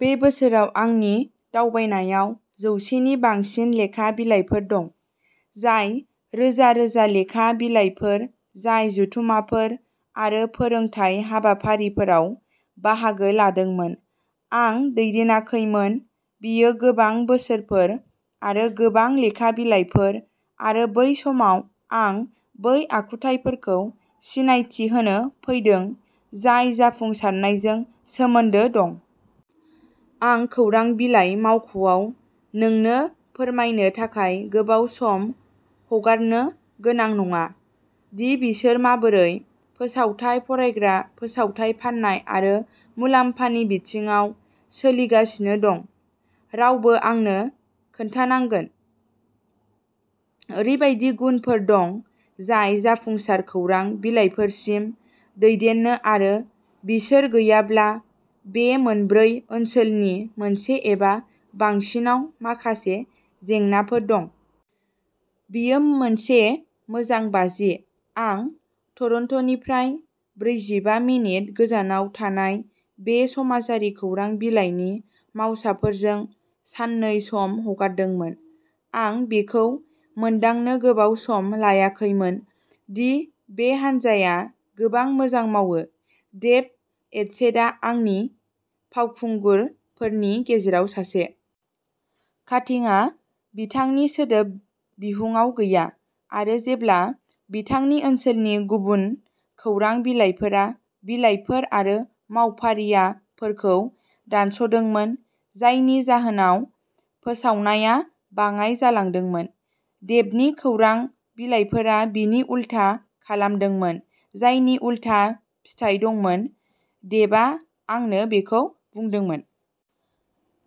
बे बोसोराव आंनि दावबायनायाव जौसे नि बांसिन लेखा बिलाइफोर दं। जाय रोजा रोजा लेखा बिलाइफोर जाय जथुममाफोर आरो फोरोंथाय हाबाफारिफोराव बाहागो लादोंमोन। आं दैदेनाखैमोन। बेयो गोबां बोसोरफोर आरो गोबां लेखा बिलाइफोर आरो बै समाव आं बै आखुथाइफोरखौ सिनायथि होनो फैदों जाय जाफुंसारनायजों सोमोन्दो दं। आं खौरां बिलाइ मावख'आव नोंनो फोरमायनो थाखाय गोबाव सम हगारनो गोनां नङा दि बिसोर माबोरै फोसावथाय फरायग्रा फोसावथाय फाननाय आरो मुलाम्फानि बिथिङाव सोलिगासिनो दं। रावबो आंनो खोन्थानांगोन। ओरैबायदि गुनफोर दं जाय जाफुंसार खौरां बिलाइफोरसिम दैदेननो आरो बिसोर गैयाब्ला बे मोनब्रै ओनसोलनि मोनसे एबा बांसिनआव माखासे जेंनाफोर दं। बेयो मोनसे मोजां बाजि। आं टरन्ट'निफ्राय ब्रैजिबा मिनिट गोजानाव थानाय बे समाजारि खौरां बिलाइनि मावसाफोरजों साननै सम हगारदोंमोन। आं बेखौ मोनदांनो गोबाव सम लायाखैमोन दि बे हानजाया गोबां मोजां मावो। डेभ एडसेटआ आंनि फावखुंगुरफोरनि गेजेराव सासे। काटिंआ बिथांनि सोदोब बिहुंआव गैया आरो जेब्ला बिथांनि ओनसोलनि गुबुन खौरां बिलाइफोरा बिलाइफोर आरो मावफारियाफोरखौ दानस'दोंमोन। जायनि जाहोनाव फोसावनाया बाङाइ जालांदोंमोन। डेभनि खौरां बिलाइफोरा बिनि उलथा खालामदोंमोन। जायनि उलथा फिथाय दंमोन। डेभआ आंनो बेखौ बुंदोंमोन।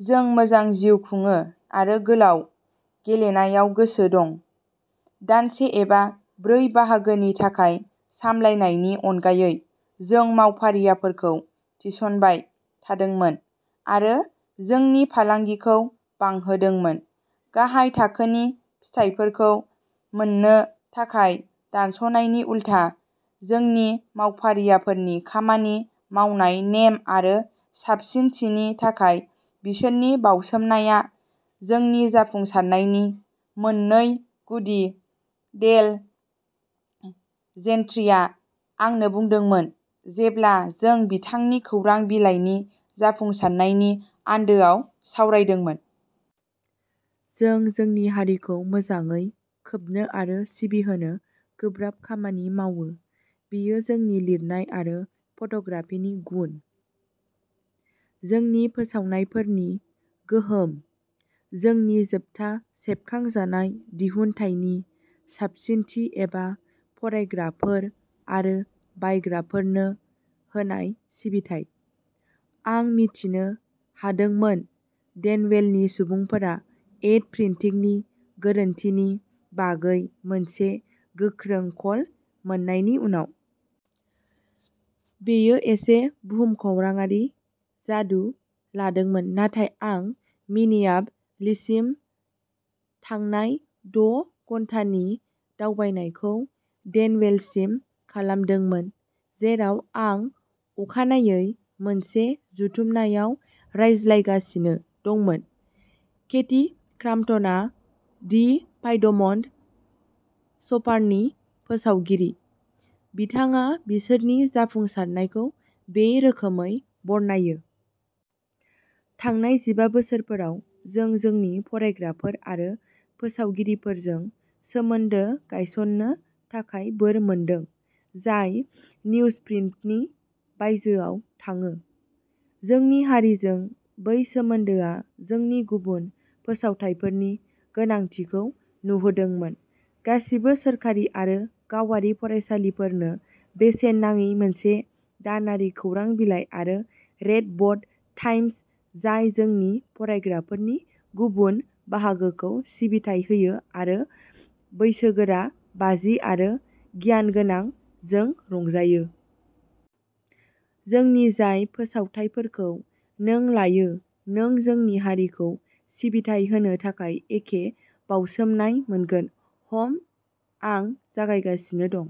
जों मोजां जिउ खुङो आरो गोलाव गेलेनायाव गोसो दं। दानसे एबा ब्रै बाहागोनि थाखाय सामलायनायनि अनगायै। जों मावफारियाफोरखौ थिसनबाय थादोंमोन आरो जोंनि फालांगिखौ बांहोदोंमोन। गाहाय थाखोनि फिथायफोरखौ मोननो थाखाय दानस'नायनि उलथा। जोंनि मावफारियाफोरनि खामानि मावनाय नेम आरो साबसिनथिनि थाखाय बिसोरनि बाउसोमनाया जोंनि जाफुंसारनायनि मोननै गुदि डेल जेनट्रीआ आंनो बुंदोंमोन जेब्ला जों बिथांनि खौरां बिलाइनि जाफुंसारनायनि आन्दोआव सावरायदोंमोन। जों जोंनि हारिखौ मोजाङै खोबनो आरो सिबिहोनो गोब्राब खामानि मावो बेयो जोंनि लिरनाय आरो फट'ग्राफिनि गुन जोंनि फोसावनायफोरनि गोहोम जोंनि जोबथा सेबखांजानाय दिहुनथायनि साबसिनथि एबा फरायग्राफोर आरो बायग्राफोरनो होनाय सिबिथाइ। आं मिथिनो हादोंमोन डेनवेलनि सुबुंफोरा एड प्रिनटिंनि गोरोन्थिनि बागै मोनसे गोख्रों कल मोननायनि उनाव। बेयो एसे भुमखौराङारि जादु लादोंमोन नाथाय आं मिनियाप'लिससिम थांनाय द' घन्टानि दावबायनायखौ डेनवेलसिम खालामदोंमोन जेराव आं अखानायै मोनसे जथुमनायाव रायज्लायगासिनो दंमोन। केथी क्राम्पटनआ दि पाइडमन्ट शपारनि फोसावगिरि। बिथाङा बिसोरनि जाफुंसारनायखौ बे रोखोमै बरनायो। थांनाय जिबा बोसोरफोराव जों जोंनि फरायग्राफोर आरो फोसावगिरिफोरजों सोमोन्दो गायसननो थाखाय बोर मोनदों जाय निउजप्रिन्टनि बायजोआव थाङो। जोंनि हारिजों बै सोमोन्दोआ जोंनि गुबुन फोसावथायफोरनि गोनांथिखौ नुहोदोंमोन। गासिबो सोरखारि आरो गावारि फरायसालिफोरनो बेसेन नाङि मोनसे दानारि खौरां बिलाइ आरो रेड बार्ड टाइम्स जाय जोंनि फरायग्राफोरनि गुबुन बाहागोखौ सिबिथाइ होयो आरो बैसोगोरा बाजि आरो गियानगोनां जों रंजायो। जोंनि जाय फोसावथाइफोरखौ नों लायो नों जोंनि हारिखौ सिबिथाइ होनो थाखाय एखे बाउसोमनाय मोनगोन। हम आं जागायगासिनो दं।